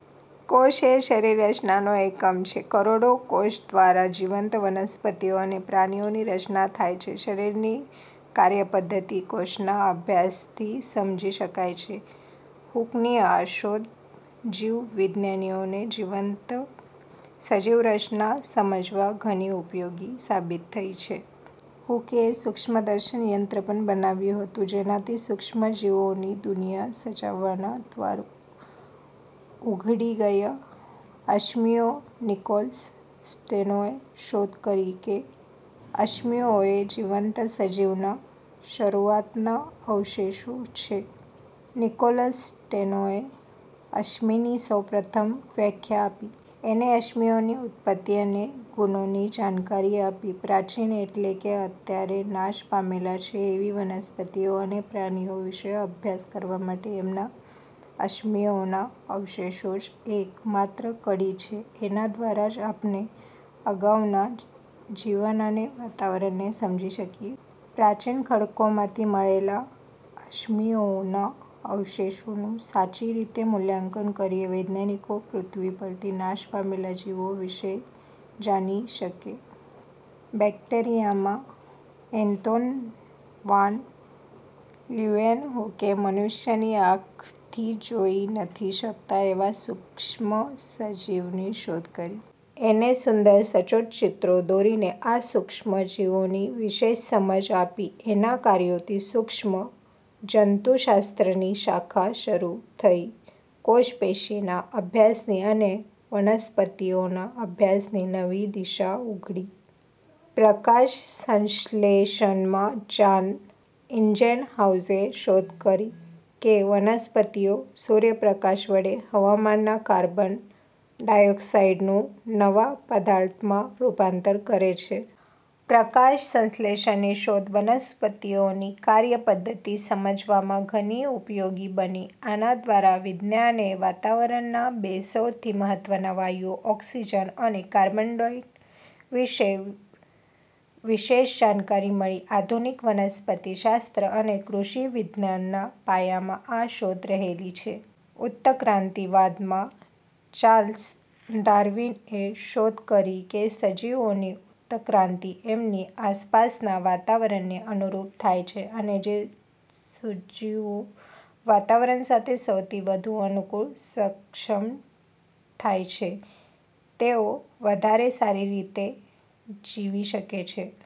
કોષ એ શરીર રચનાનો એકમ છે. કરોડો કોષ દ્વારા જીવંત વનસ્પતિઓ અને પ્રાણીઓની રચના થાય છે. શરીરની કાર્યપધ્ધતિ કોષના અભ્યાસથી સમજી શકાય છે. હુકની આ શોધ જીવ વિજ્ઞાનીઓને જીવંત સજીવ રચના સમજવા ઘણી ઉપયોગી સાબિત થઇ છે. હુકએ સુક્ષ્મદર્શક યંત્ર પણ બનાવ્યું હતું જેનાથી સુક્ષ્મ સજીવોની દુનિયા સમજવાના દ્વાર ઉઘડી ગયા. અશ્મિઓ નિકોલસ સ્ટેનોએ શોધ કરી કે અશ્મિઓ એ જીવંત સજીવના શરૂઆતના અવશેષો છે. નિકોલસ સ્ટેનોએ "અશ્મિ"ની સૌપ્રથમ વ્યાખ્યા આપી. એણે અશ્મિઓની ઉત્તપત્તિ અને ગુણોની જાણકારી આપી. પ્રાચીન એટલે કે અત્યારે નાશ પામેલા છે એવી વનસ્પતિઓ અને પ્રાણીઓ વિષે અભ્યાસ કરવા માટે એમના અશ્મિઓના અવશેષો જ એક માત્ર કડી છે. એના દ્વારા જ આપણે અગાઉના જીવન અને વાતાવરણને સમજી શકીએ. પ્રાચીન ખડકોમાંથી મળેલા અશ્મિઓના અવશેષોનું સાચી રીતે મૂલ્યાંકન કરીને વૈજ્ઞાનિકો પૃથ્વી પરથી નાશ પામેલા જીવો વિષે જાણી શકે. બેકટેરિયા માં એન્તોન વાન લ્યુવેન્હોકએ મનુષ્યની આંખથી જોઈ નથી શકાતા એવા સુક્ષ્મ સજીવની શોધ કરી. એણે સુંદર, સચોટ ચિત્રો દોરીને આ સુક્ષ્મ જીવોની વિશેષ સમજ આપી. એના કાર્યોથી સુક્ષ્મ જંતુશાસ્ત્ર ની શાખા શરુ થઇ. કોષપેશીના અભ્યાસની અને વનસ્પતિઓના અભ્યાસની નવી દિશા ઉઘડી. પ્રકાશ સંશ્લેષણ માં જાન ઇન્જેનહાઉઝએ શોધ કરી કે વનસ્પતિઓ સૂર્યપ્રકાશ વડે હવામાંના કાર્બન ડાયોક્સાઈડનું નવા પદાર્થમાં રૂપાંતર કરે છે. પ્રકાશ સંશ્લેષણની શોધ વનસ્પતિઓની કાર્ય પધ્ધતિ સમજવામાં ઘણી ઉપયોગી બની. આના દ્વારા વિજ્ઞાનને વાતાવરણના બે સૌથી મહત્વના વાયુઓ ઓક્સીજન અને કાર્બન ડાયોક્સાઈડ વિષે વિશેષ જાણકારી મળી. આધુનિક વનસ્પતિશાસ્ત્ર અને કૃષિ વિજ્ઞાનના પાયામાં આ શોધ રહેલી છે. ઉત્તક્રાંતિ વાદ માં ચાર્લ્સ ડાર્વિનએ શોધ કરી કે સજીવોની ઉત્તક્રાંતિ એમની આસપાસના વાતાવરણને અનુરૂપ થાય છે અને જે સજીવો વાતાવરણ સાથે સૌથી વધુ અનુકુળ સક્ષમ થાય છે તેઓ વધારે સારી રીતે જીવી શકે છે.